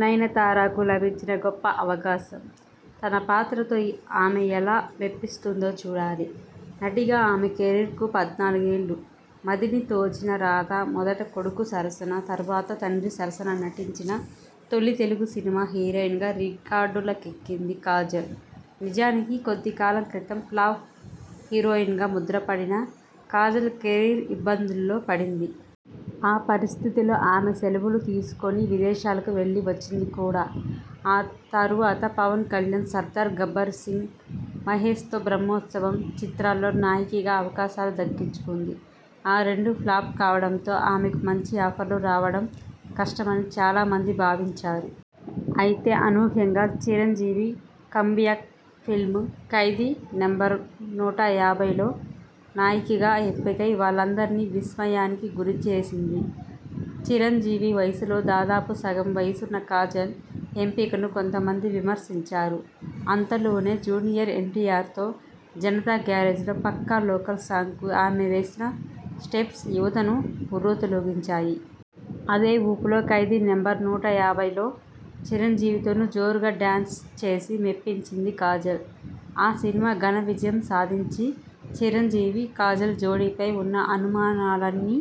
నయనతారకు లభించిన గొప్ప అవకాశం. తన పాత్రతో ఆమె ఎలా మెప్పిస్తుందో చూడాలి. నటిగా ఆమె కెరీర్కు పద్నాలుగేళ్లు. మదిని దోచిన రాధ మొదట కొడుకు సరసన, తర్వాత తండ్రి సరసన నటించిన తొలి తెలుగు సినిమా హీరోయిన్గా రికార్డులకెక్కింది కాజల్. నిజానికి, కొద్ది కాలం క్రితం ఫ్లాప్ హీరోయిన్గా ముద్రపడిన కాజల్ కెరీర్ ఇబ్బందుల్లో పడింది. ఆ పరిస్థితిలో ఆమె 'సెలవులు' తీసుకొని విదేశాలకు వెళ్లి వచ్చింది కూడా. ఆ తర్వాత పవన్ కళ్యాణ్ 'సర్దార్ గబ్బర్సింగ్', మహేశ్తో 'బ్రహ్మోత్సవం' చిత్రాల్లో నాయికగా అవకాశాలు దక్కించుకొంది. ఆ రెండూ ఫ్లాప్ కావడంతో ఆమెకు మంచి ఆఫర్లు రావడం కష్టమని చాలా మంది భావించారు. అయితే అనూహ్యంగా Chiranjeevi come back film 'Khaidi number నూట యాభై లో నాయికగా ఎంపికై వాళ్లందర్నీ విస్మయానికి గురి చేసింది. చిరంజీవి వయసులో దాదాపు సగం వయసున్న కాజల్ ఎంపికను కొంతమంది విమర్శించారు. అంతలోనే జూనియర్ ఎన్టీఆర్తో 'జనతా గ్యారేజ్'లో 'పక్కా లోకల్' సాంగ్కు ఆమె వేసిన స్టెప్స్ యువతను ఉర్రూతలూగించాయి. అదే ఊపులో 'ఖైదీ నంబర్ నూట యాభై 'లో చిరంజీవితోనూ జోరుగా డాన్స్ చేసి మెప్పించింది కాజల్. ఆ సినిమా ఘన విజయం సాధించి, చిరంజీవి-కాజల్ జోడీపై ఉన్న అనుమానాల్ని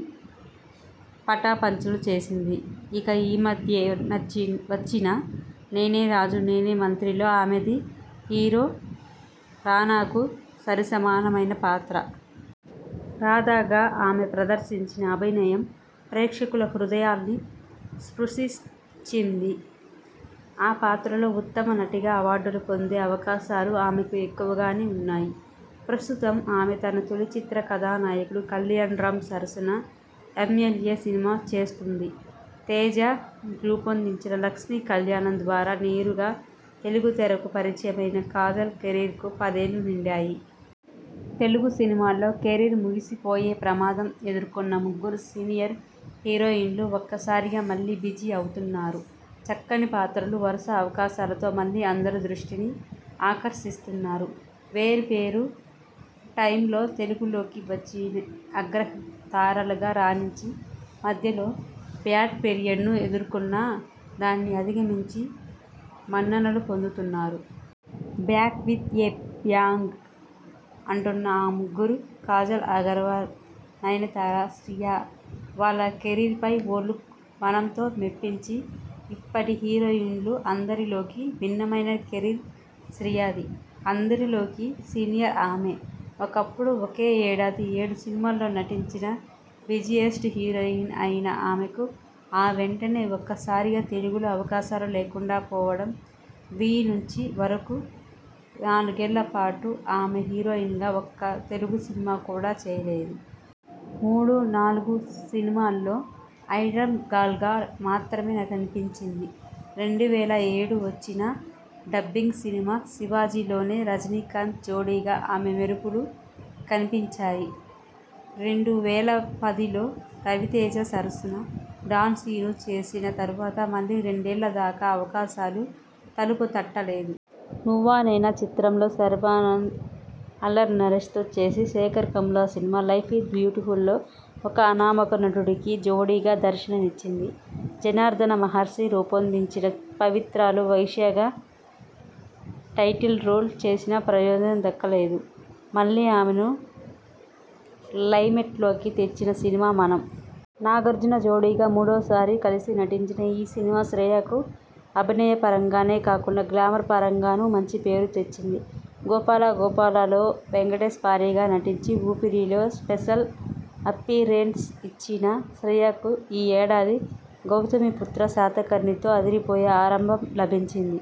పటాపంచలు చేసింది. ఇక ఈ మధ్యే నచ్చి వచ్చిన 'నేనే రాజు నేనే మంత్రి'లో ఆమెది హీరో రానాకు సరిసమానమైన పాత్ర. రాధగా ఆమె ప్రదర్శించిన అభినయం ప్రేక్షకుల హృదయాల్ని స్పృశించింది. ఆ పాత్రలో ఉత్తమ నటిగా అవార్డులు పొందే అవకాశాలు ఆమెకు ఎక్కువగానే ఉన్నాయి. ప్రస్తుతం ఆమె తన తొలి చిత్ర కథానాయకుడు కల్యాణ్రామ్ సరసన 'ఎంఎల్ఏ' సినిమా చేస్తోంది. తేజ రూపొందించిన 'లక్ష్మీ కల్యాణం' ద్వారా నేరుగా తెలుగు తెరకు పరిచయమైన కాజల్ కెరీర్కు పదేళ్లు నిండాయి. తెలుగు సినిమాల్లో కెరీర్ ముగిసిపోయే ప్రమాదం ఎదుర్కొన్న ముగ్గురు సీనియర్ హీరోయిన్లు ఒక్కసారిగా మళ్లీ బిజీ అవుతున్నారు. చక్కని పాత్రలు, వరుస అవకాశాలతో మళ్లీ అందరి దృష్టినీ ఆకర్షిస్తున్నారు. వేర్వేరు టైమ్లో తెలుగులోకి వచ్చి అగ్ర తారలుగా రాణించి, మధ్యలో 'బ్యాడ్ పీరియడ్'ను ఎదుర్కొన్నా.. దాన్ని అధిగమించి మన్ననలు పొందుతున్నారు. 'బ్యాక్ విత్ ఎ బ్యాంగ్' అంటున్న ఆ ముగ్గురు.. కాజల్ అగర్వాల్, నయనతార, శ్రియ! వాళ్ల కెరీర్పై ఓ లుక్'మనం'తో మెప్పించి.. ఇప్పటి హీరోయిన్లు అందరిలోకీ భిన్నమైన కెరీర్ శ్రియది. అందరిలోకీ సీనియర్ ఆమే. ఒకప్పుడు ఒకే ఏడాది ఏడు సినిమాల్లో నటించిన బిజీయెస్ట్ హీరోయిన్ అయిన ఆమెకు ఆ వెంటనే ఒక్కసారిగా తెలుగులో అవకాశాలు లేకుండా పోవడం వి నుంచి వరకు నాలుగేళ్ల పాటు ఆమె హీరోయిన్గా ఒక్క తెలుగు సినిమా కూడా చేయలేదు. మూడు నాలుగు సినిమాల్లో ఐటమ్ గాళ్గా మాత్రమే నాకనిపించింది. రెండు వేల ఏడు వచ్చిన డబ్బింగ్ సినిమా 'శివాజీ'లోనే రజనీకాంత్ జోడీగా ఆమె మెరుపులు కనిపించాయి. రెండు వేలపది లో రవితేజ సరసన 'డాన్ శీను' చేసిన తర్వాత మళ్లీ రెండేళ్ల దాకా అవకాశాలు తలుపు తట్టలేదు. 'నువ్వా నేనా' చిత్రంలో శర్వానంద్, అల్లరి నరేశ్తో చేసి, Sekhar Kammula cinema 'life is బ్యూటిఫుల్'లో ఒక అనామక నటుడికి జోడీగా దర్శనమిచ్చింది. జనార్దన మహర్షి రూపొందించిన 'పవిత్ర'లో వైశ్యగా టైటిల్ రోల్ చేసినా ప్రయోజనం దక్కలేదు. మళ్లీ ఆమెను లైమ్లైట్లోకి తెచ్చిన సినిమా 'మనం'. నాగార్జున జోడీగా మూడోసారి కలిసి నటించిన ఈ సినిమా శ్రియకు అభినయపరంగానే కాకుండా గ్లామర్ పరంగానూ మంచి పేరు తెచ్చింది. 'గోపాల గోపాల'లో వెంకటేశ్ భార్యగా నటించి, 'ఊపిరి'లో స్పెషల్ అప్పీరెన్స్ ఇచ్చిన శ్రియకు ఈ ఏడాది 'గౌతమిపుత్ర శాతకర్ణి'తో అదిరిపోయే ఆరంభం లభించింది.